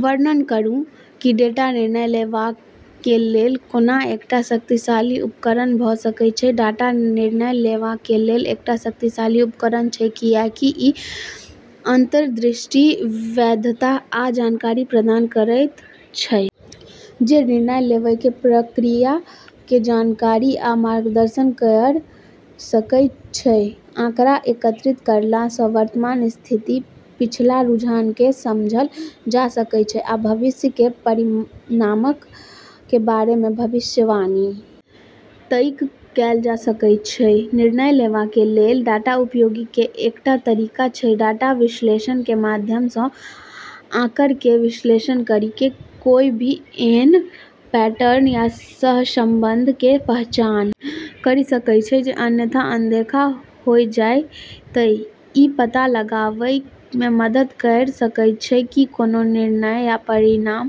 वर्णन करूं की डेटा निर्णय लेवा कें लेल कोना एकटा शक्तिशाली उपकरण भ सकय छै, डाटा निर्णय लेवा कें लेल एकटा शक्तिशाली उपकरण छै, कियाकि इ अंतर्दृष्टि, वैधता आ जानकारी प्रदान करयत छै जे निर्णय लेवय कें प्रक्रिया कें जानकारी आ मार्गदर्शन कयर सकय छै, आंकड़ा एकत्रित करला सं वर्तमान स्थिति, पिछला रुझान कें समझल जा सकय छै आ भविष्य कें परिणामक कें बारे मे भविष्यवाणी तइक कैल जा सकय छै, निर्णय लेवा कें लेल डाटा उपयोगी कें एकटा तरीका छै डाटा विश्लेषण कें माध्यम सं आंकड़ऽ के विश्लेषण करी के कोय भी ऐन्हऽ पैटर्न या सहसंबंध के पहचान करी सकै छै जे अन्यथा अनदेखा होय जैतै इ पता लगावय मे मदद कयर सकय छै की कोनों निर्णय या परिणाम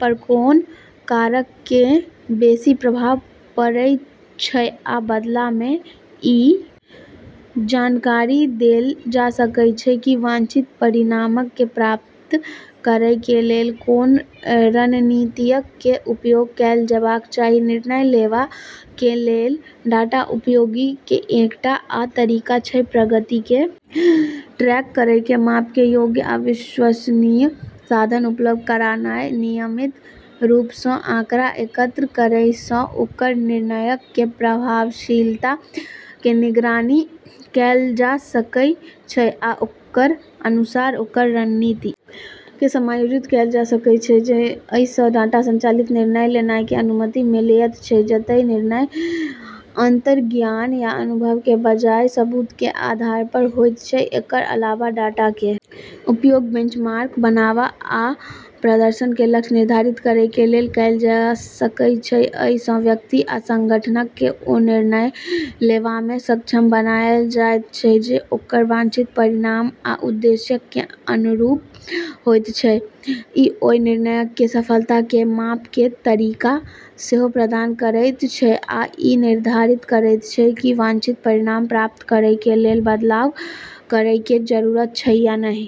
पर कोन कारक कें बेसि प्रभाव पड़य छै आ बदला मे इ जानकारी देल जा सकय छै की वांछित परिणामक कें प्राप्त करय कें लेल कोन रणनीतियक कें उपयोग कैल जेबाक चाही, निर्णय लेवा कें लेल डाटा उपयोगी कें एकटा आ तरीका छै प्रगति कें ट्रैक करय कें माप कें योग्य आ विश्वसनीय साधन उपलब्ध करानाय नियमित रूप सं आंकड़ा एकत्र करय सं ओकर निर्णयक कें प्रभावशीलता कें निगरानी कैल जा सकय छै आ ओकर अनुसार ओकर रणनीति कें समायोजित कैल जा सकय छै, अइ सं डाटा संचालित निर्णय लेनाय कें अनुमति मिलयत छै जतय निर्णय अंतर्ज्ञान या अनुमान कें बजाय सबूत कें आधार पर होयत छै, एकर अलावा डाटा कें उपयोग बेंचमार्क बनावा आ प्रदर्शन कें लक्ष्य निर्धारित करय कें लेल कैल जा सकय छै, अइ सं व्यक्ति आ संगठनक कें ओ निर्णय लेवा मे सक्षम बनायल जायत छै जे ओकर वांछित परिणाम आ उद्देश्यक कें अनुरूप होयत छै, इ ओय निर्णयक कें सफलता कें माप कें तरीका सेहो प्रदान करयत छै, आ इ निर्धारित करयत छै की वांछित परिणाम प्राप्त करय कें लेल बदलाव करय कें जरूरत छै या नहि।